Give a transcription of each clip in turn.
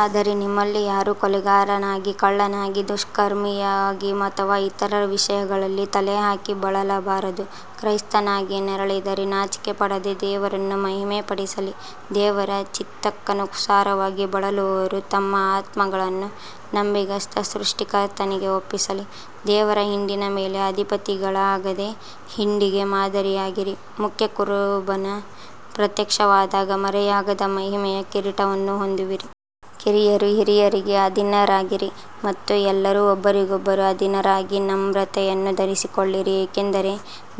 ಆದರೆ ನಿಮ್ಮಲ್ಲಿ ಯಾರೂ ಕೊಲೆಗಾರನಾಗಿ ಕಳ್ಳನಾಗಿ ದುಷ್ಕರ್ಮಿಯಾಗಿ ಅಥವಾ ಇತರರ ವಿಷಯಗಳಲ್ಲಿ ತಲೆಹಾಕಿ ಬಳಲಬಾರದು. ಕ್ರೈಸ್ತನಾಗಿ ನರಳಿದರೆ ನಾಚಿಕೆಪಡದೆ ದೇವರನ್ನು ಮಹಿಮೆಪಡಿಸಲಿ. ದೇವರ ಚಿತ್ತಕ್ಕನುಸಾರವಾಗಿ ಬಳಲುವವರು ತಮ್ಮ ಆತ್ಮಗಳನ್ನು ನಂಬಿಗಸ್ತ ಸೃಷ್ಟಿಕರ್ತನಿಗೆ ಒಪ್ಪಿಸಲಿ. ದೇವರ ಹಿಂಡಿನ ಮೇಲೆ ಅಧಿಪತಿಗಳಾಗದೆ ಹಿಂಡಿಗೆ ಮಾದರಿಯಾಗಿರಿ. ಮುಖ್ಯ ಕುರುಬನು ಪ್ರತ್ಯಕ್ಷವಾದಾಗ ಮರೆಯಾಗದ ಮಹಿಮೆಯ ಕಿರೀಟವನ್ನು ಹೊಂದುವಿರಿ. ಕಿರಿಯರು ಹಿರಿಯರಿಗೆ ಅಧೀನರಾಗಿರಿ ಮತ್ತು ಎಲ್ಲರೂ ಒಬ್ಬರಿಗೊಬ್ಬರು ಅಧೀನರಾಗಿ ನಮ್ರತೆಯನ್ನು ಧರಿಸಿಕೊಳ್ಳಿರಿ, ಏಕೆಂದರೆ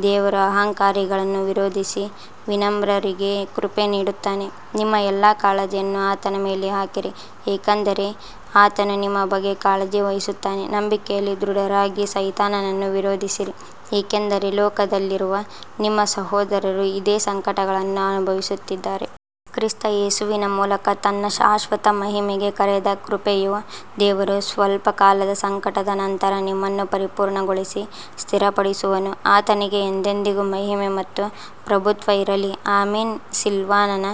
ದೇವರು ಅಹಂಕಾರಿಗಳನ್ನು ವಿರೋಧಿಸಿ ವಿನಮ್ರರಿಗೆ ಕೃಪೆ ನೀಡುತ್ತಾನೆ. ನಿಮ್ಮ ಎಲ್ಲಾ ಕಾಳಜಿಯನ್ನು ಆತನ ಮೇಲೆ ಹಾಕಿರಿ, ಏಕೆಂದರೆ ಆತನು ನಿಮ್ಮ ಬಗ್ಗೆ ಕಾಳಜಿ ವಹಿಸುತ್ತಾನೆ. ನಂಬಿಕೆಯಲ್ಲಿ ದೃಢರಾಗಿ ಸೈತಾನನನ್ನು ವಿರೋಧಿಸಿರಿ, ಏಕೆಂದರೆ ಲೋಕದಲ್ಲಿರುವ ನಿಮ್ಮ ಸಹೋದರರೂ ಇದೇ ಸಂಕಟಗಳನ್ನು ಅನುಭವಿಸುತ್ತಿದ್ದಾರೆ. ಕ್ರಿಸ್ತ ಯೇಸುವಿನ ಮೂಲಕ ತನ್ನ ಶಾಶ್ವತ ಮಹಿಮೆಗೆ ಕರೆದ ಕೃಪೆಯ ದೇವರು ಸ್ವಲ್ಪಕಾಲದ ಸಂಕಟದ ನಂತರ ನಿಮ್ಮನ್ನು ಪರಿಪೂರ್ಣಗೊಳಿಸಿ ಸ್ಥಿರಪಡಿಸುವನು. ಆತನಿಗೆ ಎಂದೆಂದಿಗೂ ಮಹಿಮೆ ಮತ್ತು ಪ್ರಭುತ್ವ ಇರಲಿ. ಆಮೆನ್. ಸಿಲ್ವಾನನ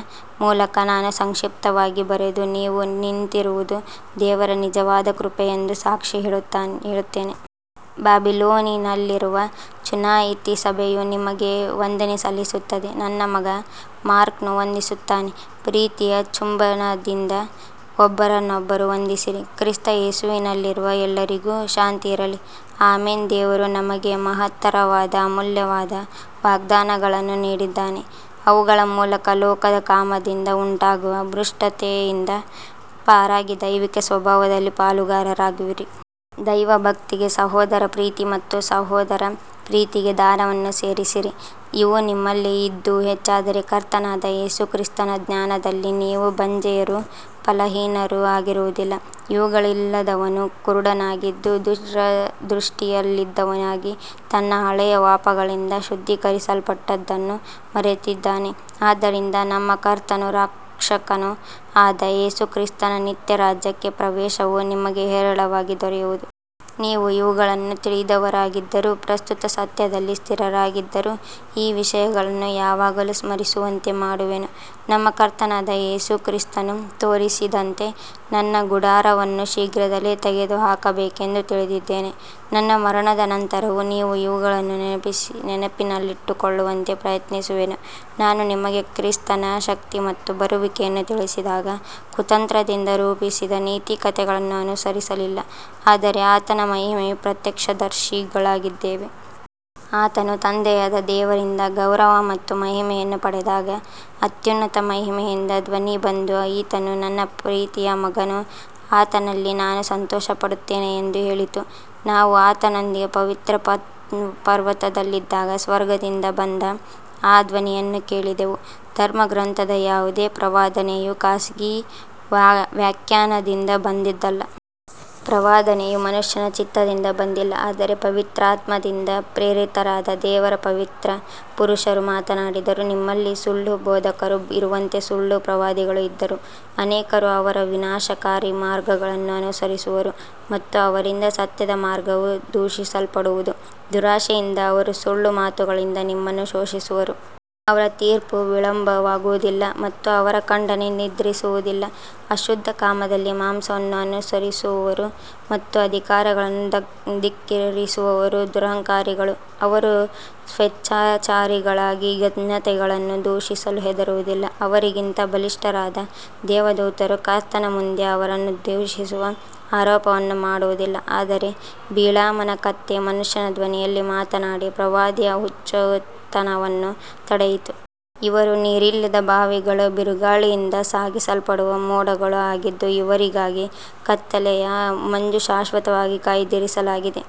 ಮೂಲಕ ನಾನು ಸಂಕ್ಷಿಪ್ತವಾಗಿ ಬರೆದು, ನೀವು ನಿಂತಿರುವುದು ದೇವರ ನಿಜವಾದ ಕೃಪೆಯೆಂದು ಸಾಕ್ಷಿ ಹೇಳುತ್ತೇನೆ. ಬ್ಯಾಬಿಲೋನಿನಲ್ಲಿರುವ ಚುನಾಯಿತ ಸಭೆಯೂ ನಿಮಗೆ ವಂದನೆ ಸಲ್ಲಿಸುತ್ತದೆ. ನನ್ನ ಮಗ ಮಾರ್ಕನೂ ವಂದಿಸುತ್ತಾನೆ. ಪ್ರೀತಿಯ ಚುಂಬನದಿಂದ ಒಬ್ಬರನ್ನೊಬ್ಬರು ವಂದಿಸಿರಿ. ಕ್ರಿಸ್ತ ಯೇಸುವಿನಲ್ಲಿರುವ ಎಲ್ಲರಿಗೂ ಶಾಂತಿ ಇರಲಿ. ಆಮೆನ್. ದೇವರು ನಮಗೆ ಮಹತ್ತರವಾದ ಅಮೂಲ್ಯವಾದ ವಾಗ್ದಾನಗಳನ್ನು ನೀಡಿದ್ದಾನೆ, ಅವುಗಳ ಮೂಲಕ ಲೋಕದ ಕಾಮದಿಂದ ಉಂಟಾಗುವ ಭ್ರಷ್ಟತೆಯಿಂದ ಪಾರಾಗಿ ದೈವಿಕ ಸ್ವಭಾವದಲ್ಲಿ ಪಾಲುಗಾರರಾಗುವಿರಿ. ದೈವಭಕ್ತಿಗೆ ಸಹೋದರ ಪ್ರೀತಿ ಮತ್ತು ಸಹೋದರ ಪ್ರೀತಿಗೆ ದಾನವನ್ನು ಸೇರಿಸಿರಿ. ಇವು ನಿಮ್ಮಲ್ಲಿ ಇದ್ದು ಹೆಚ್ಚಾದರೆ ಕರ್ತನಾದ ಯೇಸು ಕ್ರಿಸ್ತನ ಜ್ಞಾನದಲ್ಲಿ ನೀವು ಬಂಜೆಯರೂ ಫಲಹೀನರೂ ಆಗಿರುವುದಿಲ್ಲ. ಇವುಗಳಿಲ್ಲದವನು ಕುರುಡನಾಗಿದ್ದು ದೂರದೃಷ್ಟಿಯಿಲ್ಲದವನಾಗಿ ತನ್ನ ಹಳೆಯ ಪಾಪಗಳಿಂದ ಶುದ್ಧೀಕರಿಸಲ್ಪಟ್ಟದ್ದನ್ನು ಮರೆತಿದ್ದಾನೆ. ಆದ್ದರಿಂದ ನಮ್ಮ ಕರ್ತನೂ ರಕ್ಷಕನೂ ಆದ ಯೇಸು ಕ್ರಿಸ್ತನ ನಿತ್ಯ ರಾಜ್ಯಕ್ಕೆ ಪ್ರವೇಶವು ನಿಮಗೆ ಹೇರಳವಾಗಿ ದೊರೆಯುವುದು. ನೀವು ಇವುಗಳನ್ನು ತಿಳಿದವರಾಗಿದ್ದರೂ ಪ್ರಸ್ತುತ ಸತ್ಯದಲ್ಲಿ ಸ್ಥಿರರಾಗಿದ್ದರೂ ಈ ವಿಷಯಗಳನ್ನು ಯಾವಾಗಲೂ ಸ್ಮರಿಸುವಂತೆ ಮಾಡುವೆನು. ನಮ್ಮ ಕರ್ತನಾದ ಯೇಸು ಕ್ರಿಸ್ತನು ತೋರಿಸಿದಂತೆ ನನ್ನ ಗುಡಾರವನ್ನು ಶೀಘ್ರದಲ್ಲೇ ತೆಗೆದುಹಾಕಬೇಕೆಂದು ತಿಳಿದಿದ್ದೇನೆ. ನನ್ನ ಮರಣದ ನಂತರವೂ ನೀವು ಇವುಗಳನ್ನು ನೆನಪಿನಲ್ಲಿಟ್ಟುಕೊಳ್ಳುವಂತೆ ಪ್ರಯತ್ನಿಸುವೆನು. ನಾವು ನಿಮಗೆ ಕ್ರಿಸ್ತನ ಶಕ್ತಿ ಮತ್ತು ಬರುವಿಕೆಯನ್ನು ತಿಳಿಸಿದಾಗ ಕುತಂತ್ರದಿಂದ ರೂಪಿಸಿದ ನೀತಿಕಥೆಗಳನ್ನು ಅನುಸರಿಸಲಿಲ್ಲ, ಆದರೆ ಆತನ ಮಹಿಮೆಯ ಪ್ರತ್ಯಕ್ಷದರ್ಶಿಗಳಾಗಿದ್ದೆವು. ಆತನು ತಂದೆಯಾದ ದೇವರಿಂದ ಗೌರವ ಮತ್ತು ಮಹಿಮೆಯನ್ನು ಪಡೆದಾಗ ಅತ್ಯುನ್ನತ ಮಹಿಮೆಯಿಂದ ಧ್ವನಿ ಬಂದು, ಈತನು ನನ್ನ ಪ್ರೀತಿಯ ಮಗನು, ಆತನಲ್ಲಿ ನಾನು ಸಂತೋಷಪಡುತ್ತೇನೆ ಎಂದು ಹೇಳಿತು. ನಾವು ಆತನೊಂದಿಗೆ ಪವಿತ್ರ ಪರ್ವತದಲ್ಲಿದ್ದಾಗ ಸ್ವರ್ಗದಿಂದ ಬಂದ ಆ ಧ್ವನಿಯನ್ನು ಕೇಳಿದೆವು. ಧರ್ಮಗ್ರಂಥದ ಯಾವುದೇ ಪ್ರವಾದನೆಯೂ ಖಾಸಗಿ ವ್ಯಾಖ್ಯಾನದಿಂದ ಬಂದದ್ದಲ್ಲ. ಪ್ರವಾದನೆಯು ಮನುಷ್ಯನ ಚಿತ್ತದಿಂದ ಬಂದಿಲ್ಲ, ಆದರೆ ಪವಿತ್ರಾತ್ಮದಿಂದ ಪ್ರೇರಿತರಾದ ದೇವರ ಪವಿತ್ರ ಪುರುಷರು ಮಾತನಾಡಿದರು. ನಿಮ್ಮಲ್ಲಿ ಸುಳ್ಳು ಬೋಧಕರು ಇರುವಂತೆ ಸುಳ್ಳು ಪ್ರವಾದಿಗಳೂ ಇದ್ದರು. ಅನೇಕರು ಅವರ ವಿನಾಶಕಾರಿ ಮಾರ್ಗಗಳನ್ನು ಅನುಸರಿಸುವರು ಮತ್ತು ಅವರಿಂದ ಸತ್ಯದ ಮಾರ್ಗವು ದೂಷಿಸಲ್ಪಡುವುದು. ದುರಾಶೆಯಿಂದ ಅವರು ಸುಳ್ಳು ಮಾತುಗಳಿಂದ ನಿಮ್ಮನ್ನು ಶೋಷಿಸುವರು. ಅವರ ತೀರ್ಪು ವಿಳಂಬವಾಗುವುದಿಲ್ಲ ಮತ್ತು ಅವರ ಖಂಡನೆ ನಿದ್ರಿಸುವುದಿಲ್ಲ. ಅಶುದ್ಧ ಕಾಮದಲ್ಲಿ ಮಾಂಸವನ್ನು ಅನುಸರಿಸುವವರು ಮತ್ತು ಅಧಿಕಾರಿಗಳನ್ನು ಧಿಕ್ಕರಿಸುವವರು ದುರಹಂಕಾರಿಗಳು. ಅವರು ಸ್ವೇಚ್ಛಾಚಾರಿಗಳಾಗಿ ಘನತೆಗಳನ್ನು ದೂಷಿಸಲು ಹೆದರುವುದಿಲ್ಲ. ಅವರಿಗಿಂತ ಬಲಿಷ್ಠರಾದ ದೇವದೂತರೂ ಕರ್ತನ ಮುಂದೆ ಅವರನ್ನು ದೂಷಿಸುವ ಆರೋಪವನ್ನು ಮಾಡುವುದಿಲ್ಲ. ಆದರೆ ಬಿಳಾಮನ ಕತ್ತೆ ಮನುಷ್ಯನ ಧ್ವನಿಯಲ್ಲಿ ಮಾತನಾಡಿ ಪ್ರವಾದಿಯ ಹುಚ್ಚುತನವನ್ನು ತಡೆಯಿತು. ಇವರು ನೀರಿಲ್ಲದ ಬಾವಿಗಳೂ ಬಿರುಗಾಳಿಯಿಂದ ಸಾಗಿಸಲ್ಪಡುವ ಮೋಡಗಳೂ ಆಗಿದ್ದು, ಇವರಿಗಾಗಿ ಕತ್ತಲೆಯ ಮಂಜು ಶಾಶ್ವತವಾಗಿ ಕಾಯ್ದಿರಿಸಲಾಗಿದೆ.